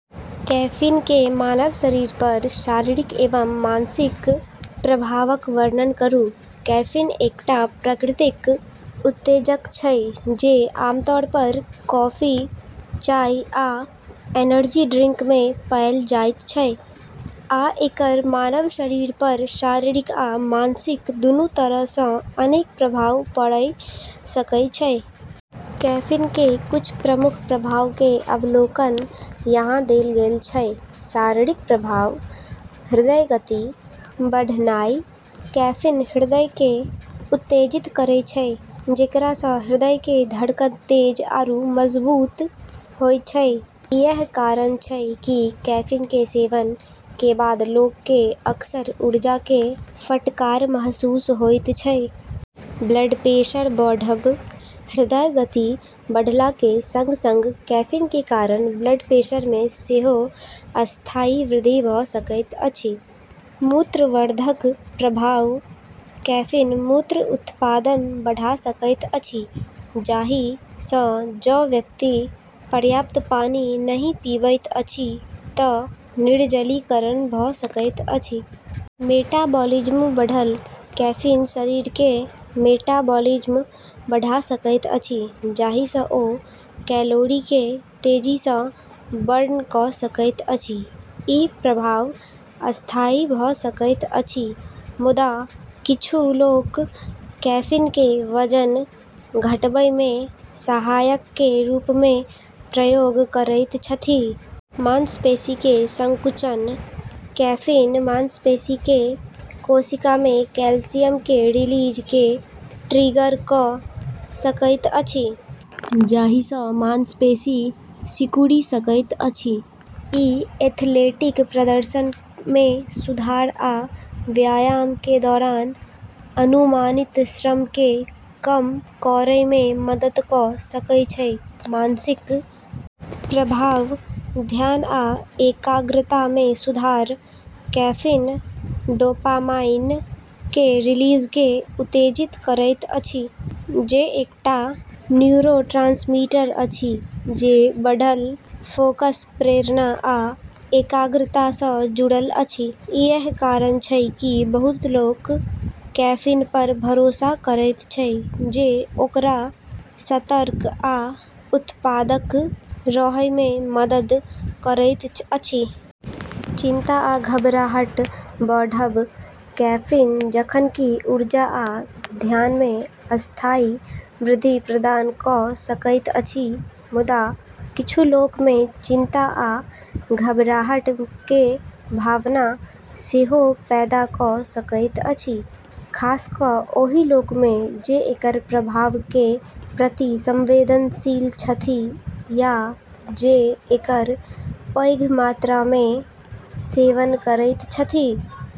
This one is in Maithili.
कैफीन के मानव शरीर पर शारीरिक एवं मानसिक प्रभावक वर्णन करू। कैफीन एकटा प्राकृतिक उत्तेजक छै जे आमतौर पर कॉफी, चाय, आ एनर्जी ड्रिंक मे पाएल जाइत छै, आ एकर मानव शरीर पर शारीरिक आ मानसिक दूनू तरह सँ अनेक प्रभाव पड़य सकय छै। कैफीन के कुछ प्रमुख प्रभाव के अवलोकन यहाँ देल गेल छै: शारीरिक प्रभाव: हृदय गति बढ़नाइ: कैफीन हृदय के उत्तेजित करै छै, जेकरा सँ हृदय के धड़कन तेज आरू मजबूत होय छै। इएह कारण छै कि कैफीन के सेवन के बाद लोग के अक्सर ऊर्जा के फटकार महसूस होइत छै। ब्लड प्रेशर बढ़ब: हृदय गति बढ़ला के संग-संग कैफीन के कारण ब्लड प्रेशर मे सेहो अस्थायी वृद्धि भऽ सकैत अछि। मूत्रवर्धक प्रभाव: कैफीन मूत्र उत्पादन बढ़ा सकैत अछि, जाहि सँ जँ व्यक्ति पर्याप्त पानी नहि पीबैत अछि तँ निर्जलीकरण भ' सकैत अछि। मेटाबॉलिज्म बढ़ल: कैफीन शरीर के मेटाबॉलिज्म बढ़ा सकैत अछि, जाहि सँ ओ कैलोरी के तेजी सँ बर्न कऽ सकैत अछि। ई प्रभाव अस्थायी भऽ सकैत अछि, मुदा किछु लोक कैफीन के वजन घटबै मे सहायक के रूप मे प्रयोग करैत छथि। मांसपेशी के संकुचन: कैफीन मांसपेशी के कोशिका मे कैल्शियम के रिलीज के ट्रिगर कऽ सकैत अछि, जाहि सँ मांसपेशी सिकुड़ि सकैत अछि। ई एथलेटिक प्रदर्शन मे सुधार आ व्यायाम के दौरान अनुमानित श्रम के कम करय मे मदद कऽ सकय छै। मानसिक प्रभाव: ध्यान आ एकाग्रता मे सुधार: कैफीन डोपामाइन के रिलीज के उत्तेजित करैत अछि, जे एकटा न्यूरोट्रांसमीटर अछि जे बढ़ल फोकस, प्रेरणा, आ एकाग्रता सँ जुड़ल अछि। इएह कारण छै कि बहुत लोक कैफीन पर भरोसा करैत छै जे ओकरा सतर्क आ उत्पादक रहय मे मदद करैत अछि। चिंता आ घबराहट बढ़ब: कैफीन जखन कि ऊर्जा आ ध्यान मे अस्थायी वृद्धि प्रदान कऽ सकैत अछि, मुदा किछु लोक मे चिंता आ घबराहट के भावना सेहो पैदा कऽ सकैत अछि, खास कऽ ओहि लोक मे जे एकर प्रभाव के प्रति संवेदनशील छथि या जे एकर पैघ मात्रा मे सेवन करैत छथि।